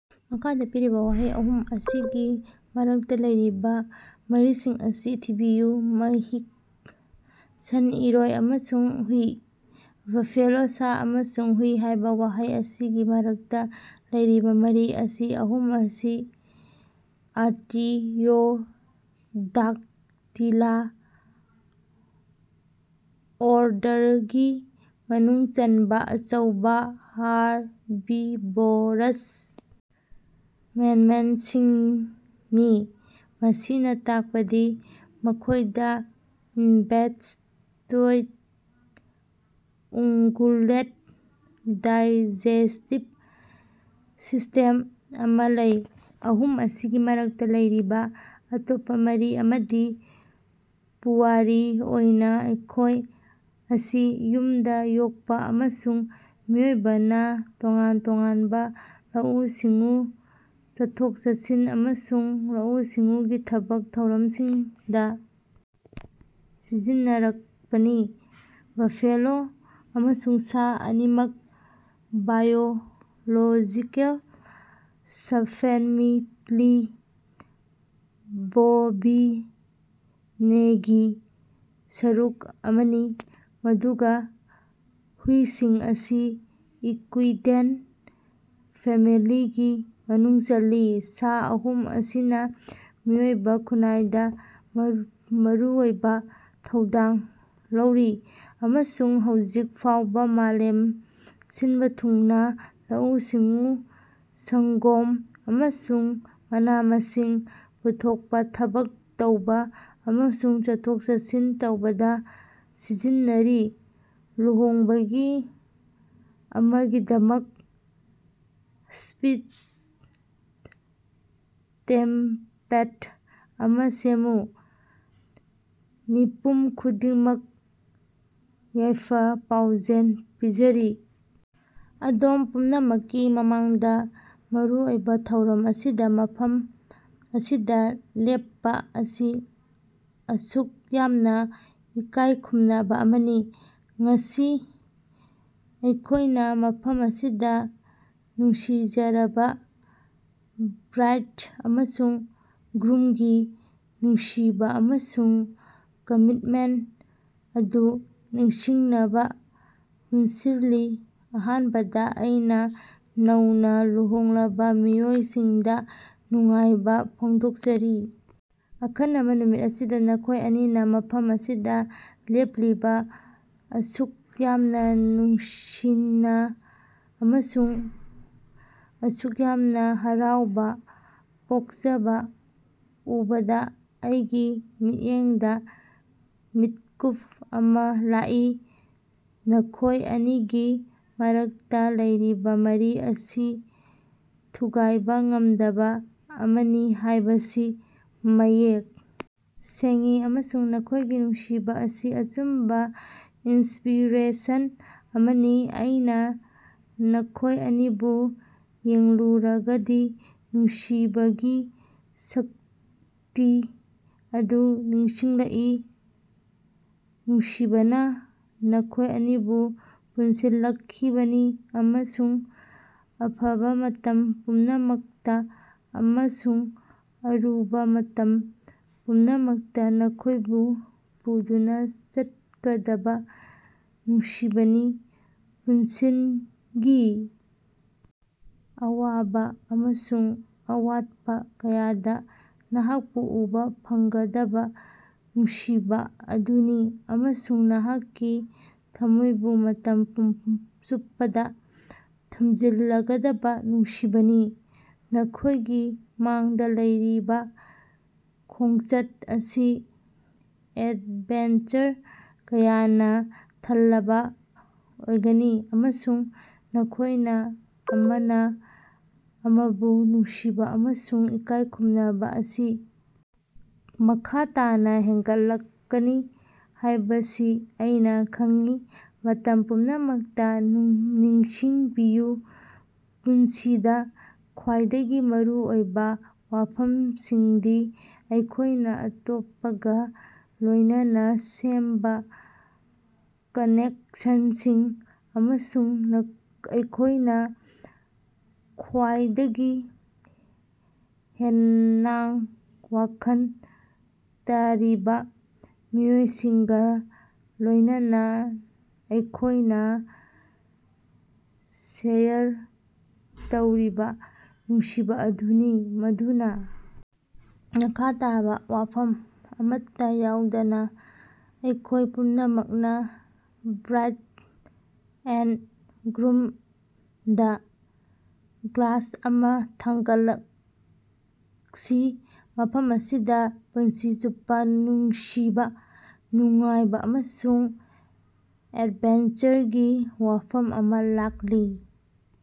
ꯃꯈꯥꯗ ꯄꯤꯔꯤꯕ ꯋꯥꯍꯩ ꯑꯍꯨꯝ ꯑꯁꯤꯒꯤ ꯃꯔꯛꯇ ꯂꯩꯔꯤꯕ ꯃꯔꯤꯁꯤꯡ ꯑꯁꯤ ꯊꯤꯕꯤꯌꯨ: ꯃꯍꯤꯛ, ꯁꯟ-ꯏꯔꯣꯏ ꯑꯃꯁꯨꯡ ꯍꯨꯏ꯫ ꯕꯐꯦꯂꯣ, ꯁꯥ ꯑꯃꯁꯨꯡ ꯍꯨꯏ ꯍꯥꯏꯕ ꯋꯥꯍꯩ ꯑꯁꯤꯒꯤ ꯃꯔꯛꯇ ꯂꯩꯔꯤꯕ ꯃꯔꯤ ꯑꯁꯤ ꯑꯍꯨꯝ ꯑꯁꯤ ꯑꯥꯔꯇꯤꯑꯣꯗꯥꯛꯇꯤꯂꯥ ꯑꯣꯔꯗꯔꯒꯤ ꯃꯅꯨꯡ ꯆꯟꯕ ꯑꯆꯧꯕ ꯍꯥꯔꯕꯤꯕꯣꯔꯁ ꯃꯦꯃꯦꯜꯁꯤꯡꯅꯤ, ꯃꯁꯤꯅ ꯇꯥꯛꯄꯗꯤ ꯃꯈꯣꯏꯗ ꯏꯚꯦꯟꯇ-ꯇꯣꯏꯗ ꯎꯡꯒꯨꯂꯦꯠ ꯗꯥꯏꯖꯦꯁ꯭ꯇꯤꯕ ꯁꯤꯁ꯭ꯇꯦꯝ ꯑꯃꯥ ꯂꯩ꯫ ꯑꯍꯨꯝ ꯑꯁꯤꯒꯤ ꯃꯔꯛꯇ ꯂꯩꯔꯤꯕ ꯑꯇꯣꯞꯄ ꯃꯔꯤ ꯑꯃꯗꯤ ꯄꯨꯋꯥꯔꯤ ꯑꯣꯏꯅ ꯃꯈꯣꯏ ꯑꯁꯤ ꯌꯨꯝꯗ ꯌꯣꯛꯄ ꯑꯃꯁꯨꯡ ꯃꯤꯑꯣꯏꯕꯅ ꯇꯣꯉꯥꯟ ꯇꯣꯉꯥꯟꯕ ꯂꯧꯎ-ꯁꯤꯡꯎ, ꯆꯠꯊꯣꯛ-ꯆꯠꯁꯤꯟ ꯑꯃꯁꯨꯡ ꯂꯧꯎ-ꯁꯤꯡꯎꯒꯤ ꯊꯕꯛ ꯊꯧꯔꯝꯁꯤꯡꯗ ꯁꯤꯖꯤꯟꯅꯔꯛꯄꯅꯤ꯫ ꯕꯐꯦꯂꯣ ꯑꯃꯁꯨꯡ ꯁꯥ ꯑꯅꯤꯃꯛ ꯕꯥꯏꯑꯣꯂꯣꯖꯤꯀꯦꯜ ꯁꯕꯐꯦꯃꯤꯂꯤ ꯕꯣꯚꯤꯅꯦꯒꯤ ꯁꯔꯨꯛ ꯑꯃꯅꯤ, ꯑꯗꯨꯒ ꯍꯨꯏꯁꯤꯡ ꯑꯁꯤ ꯏꯀꯨꯏꯗꯦ ꯐꯦꯃꯤꯂꯤꯒꯤ ꯃꯅꯨꯡ ꯆꯜꯂꯤ꯫ ꯁꯥ ꯑꯍꯨꯝ ꯑꯁꯤꯅ ꯃꯤꯑꯣꯏꯕ ꯈꯨꯟꯅꯥꯏꯗ ꯃꯔꯨꯑꯣꯏꯕ ꯊꯧꯗꯥꯡ ꯂꯧꯔꯤ ꯑꯃꯁꯨꯡ ꯍꯧꯖꯤꯛ ꯐꯥꯎꯕ ꯃꯥꯂꯦꯝ ꯁꯤꯟꯕ ꯊꯨꯡꯅ ꯂꯧꯎ-ꯁꯤꯡꯎ, ꯁꯪꯒꯣꯝ ꯑꯃꯁꯨꯡ ꯃꯅꯥ-ꯃꯁꯤꯡ ꯄꯨꯊꯣꯛꯄ, ꯊꯕꯛ ꯇꯧꯕ, ꯑꯃꯁꯨꯡ ꯆꯠꯊꯣꯛ-ꯆꯠꯁꯤꯟ ꯇꯧꯕꯗ ꯁꯤꯖꯤꯟꯅꯔꯤ꯫ ꯂꯨꯍꯣꯡꯕꯒꯤ ꯑꯃꯒꯤꯗꯃꯛ ꯁ꯭ꯄꯤꯆ ꯇꯦꯃꯄ꯭ꯂꯦꯠ ꯑꯃ ꯁꯦꯝꯃꯨ꯫ ꯃꯤꯄꯨꯝ ꯈꯨꯗꯤꯡꯃꯛ ꯌꯥꯏꯐ-ꯄꯥꯎꯖꯦꯜ ꯄꯤꯖꯔꯤ! ꯑꯗꯣꯝ ꯄꯨꯝꯅꯃꯛꯀꯤ ꯃꯃꯥꯡꯗ, ꯃꯔꯨꯑꯣꯏꯕ ꯊꯧꯔꯝ ꯑꯁꯤꯗ ꯃꯐꯝ ꯑꯁꯤꯗ ꯂꯦꯞꯄ ꯑꯁꯤ ꯑꯁꯨꯛ ꯌꯥꯝꯅ ꯏꯀꯥꯏ ꯈꯨꯝꯅꯕ ꯑꯃꯅꯤ꯫ ꯉꯁꯤ ꯑꯩꯈꯣꯏꯅ ꯃꯐꯝ ꯑꯁꯤꯗ ꯅꯨꯡꯁꯤꯖꯔꯕ ꯕ꯭ꯔꯥꯏꯗ ꯑꯃꯁꯨꯡ ꯒ꯭ꯔꯨꯝ ꯒꯤ ꯅꯨꯡꯁꯤꯕ ꯑꯃꯁꯨꯡ ꯀꯃꯤꯠꯃꯦꯟꯇ ꯑꯗꯨ ꯅꯤꯡꯁꯤꯡꯅꯕ ꯄꯨꯟꯁꯤꯜꯂꯤ꯫ ꯑꯍꯥꯟꯕꯗ, ꯑꯩꯅ ꯅꯧꯅ ꯂꯨꯍꯣꯡꯂꯕ ꯃꯤꯑꯣꯏꯁꯤꯡꯗ ꯅꯨꯡꯉꯥꯏꯕ ꯐꯣꯡꯗꯣꯛꯆꯔꯤ! ꯑꯈꯟꯅꯕ ꯅꯨꯃꯤꯠ ꯑꯁꯤꯗ ꯅꯈꯣꯏ ꯑꯅꯤꯅ ꯃꯐꯝ ꯑꯁꯤꯗ ꯂꯦꯞꯂꯤꯕ, ꯑꯁꯨꯛ ꯌꯥꯝꯅ ꯅꯨꯡꯁꯤꯅ ꯑꯃꯁꯨꯡ ꯑꯁꯨꯛ ꯌꯥꯝꯅ ꯍꯔꯥꯎꯕ ꯄꯣꯛꯆꯕ ꯎꯕꯗ ꯑꯩꯒꯤ ꯃꯤꯠꯌꯦꯡꯗ ꯃꯤꯠꯀꯨꯞ ꯑꯃ ꯂꯥꯛꯏ꯫ ꯅꯈꯣꯏ ꯑꯅꯤꯒꯤ ꯃꯔꯛꯇ ꯂꯩꯔꯤꯕ ꯃꯔꯤ ꯑꯁꯤ ꯊꯨꯒꯥꯏꯕ ꯉꯝꯗꯕ ꯑꯃꯅꯤ ꯍꯥꯏꯕꯁꯤ ꯃꯌꯦꯛ ꯁꯦꯡꯏ, ꯑꯃꯁꯨꯡ ꯅꯈꯣꯏꯒꯤ ꯅꯨꯡꯁꯤꯕ ꯑꯁꯤ ꯑꯆꯨꯝꯕ ꯏꯟꯁꯄꯤꯔꯦꯁꯟ ꯑꯃꯅꯤ꯫ ꯑꯩꯅ ꯅꯈꯣꯏ ꯑꯅꯤꯕꯨ ꯌꯦꯡꯂꯨꯔꯒꯗꯤ ꯅꯨꯡꯁꯤꯕꯒꯤ ꯁꯛꯇꯤ ꯑꯗꯨ ꯅꯤꯡꯁꯤꯡꯂꯛꯏ꯫ ꯅꯨꯡꯁꯤꯕꯅ ꯅꯈꯣꯏ ꯑꯅꯤꯕꯨ ꯄꯨꯟꯁꯤꯜꯂꯛꯈꯤꯕꯅꯤ, ꯑꯃꯁꯨꯡ ꯑꯐꯕ ꯃꯇꯝ ꯄꯨꯝꯅꯃꯛꯇ, ꯑꯃꯁꯨꯡ ꯑꯔꯨꯕ ꯃꯇꯝ ꯄꯨꯝꯅꯃꯛꯇ ꯅꯈꯣꯏꯕꯨ ꯄꯨꯗꯨꯅ ꯆꯠꯀꯗꯕ ꯅꯨꯡꯁꯤꯕꯅꯤ꯫ ꯄꯨꯟꯁꯤꯒꯤ ꯑꯋꯥꯡꯕ ꯑꯃꯁꯨꯡ ꯑꯋꯥꯠꯄ ꯀꯌꯥꯗ ꯅꯍꯥꯛꯄꯨ ꯎꯕ ꯐꯪꯒꯗꯕ ꯅꯨꯡꯁꯤꯕ ꯑꯗꯨꯅꯤ, ꯑꯃꯁꯨꯡ ꯅꯍꯥꯛꯀꯤ ꯊꯝꯃꯣꯏꯕꯨ ꯃꯇꯝ ꯆꯨꯞꯄꯗ ꯊꯝꯖꯤꯟꯒꯗꯕ ꯅꯨꯡꯁꯤꯕꯅꯤ꯫ ꯅꯈꯣꯏꯒꯤ ꯃꯥꯡꯗ ꯂꯩꯔꯤꯕ ꯈꯣꯡꯆꯠ ꯑꯁꯤ ꯑꯦꯗꯚꯦꯟꯆꯔ ꯀꯌꯥꯅ ꯊꯜꯂꯕ ꯑꯣꯏꯒꯅꯤ, ꯑꯃꯁꯨꯡ ꯅꯈꯣꯏꯅ ꯑꯃꯅ ꯑꯃꯕꯨ ꯅꯨꯡꯁꯤꯕ ꯑꯃꯁꯨꯡ ꯏꯀꯥꯏꯈꯨꯝꯅꯕ ꯑꯁꯤ ꯃꯈꯥ ꯇꯥꯅ ꯍꯦꯟꯒꯠꯂꯛꯀꯅꯤ ꯍꯥꯏꯕꯁꯤ ꯑꯩꯅ ꯈꯪꯏ꯫ ꯃꯇꯝ ꯄꯨꯝꯅꯃꯛꯇ ꯅꯤꯡꯁꯤꯡꯕꯤꯌꯨ ꯄꯨꯟꯁꯤꯗ ꯈ꯭ꯋꯥꯏꯗꯒꯤ ꯃꯔꯨ ꯑꯣꯏꯕ ꯋꯥꯐꯝꯁꯤꯡꯗꯤ ꯑꯩꯈꯣꯏꯅ ꯑꯇꯣꯞꯄꯒ ꯂꯣꯏꯅꯅ ꯁꯦꯝꯕ ꯀꯅꯦꯛꯁꯟꯁꯤꯡ, ꯑꯃꯁꯨꯡ ꯑꯩꯈꯣꯏꯅ ꯈ꯭ꯕꯥꯏꯗꯒꯤ ꯍꯦꯟꯅꯥꯡ ꯋꯥꯈꯜ ꯇꯥꯔꯤꯕ ꯃꯤꯑꯣꯏꯁꯤꯡꯒ ꯂꯣꯏꯅꯅ ꯑꯩꯈꯣꯏꯅ ꯁꯦꯌꯔ ꯇꯧꯔꯤꯕ ꯅꯨꯡꯁꯤꯕ ꯑꯗꯨꯅꯤ꯫ ꯑꯗꯨꯅ, ꯃꯈꯥ ꯇꯥꯅ ꯋꯥꯐꯝ ꯑꯃꯠꯇ ꯌꯥꯎꯗꯅ ꯑꯩꯈꯣꯏ ꯄꯨꯝꯅꯃꯛꯅ ꯕ꯭ꯔꯥꯏꯗ ꯑꯦꯟꯗ ꯒ꯭ꯔꯨꯝ ꯗ ꯒ꯭ꯂꯥꯁ ꯑꯃ ꯊꯥꯡꯒꯠꯂꯁꯤ꯫ ꯃꯐꯝ ꯑꯁꯤꯗ ꯄꯨꯟꯁꯤ ꯆꯨꯞꯄ ꯅꯨꯡꯁꯤꯕ, ꯅꯨꯡꯉꯥꯏꯕ ꯑꯃꯁꯨꯡ ꯑꯦꯗꯚꯦꯟꯆꯔꯒꯤ ꯋꯥꯐꯝ ꯑꯃ ꯂꯥꯛꯂꯤ꯫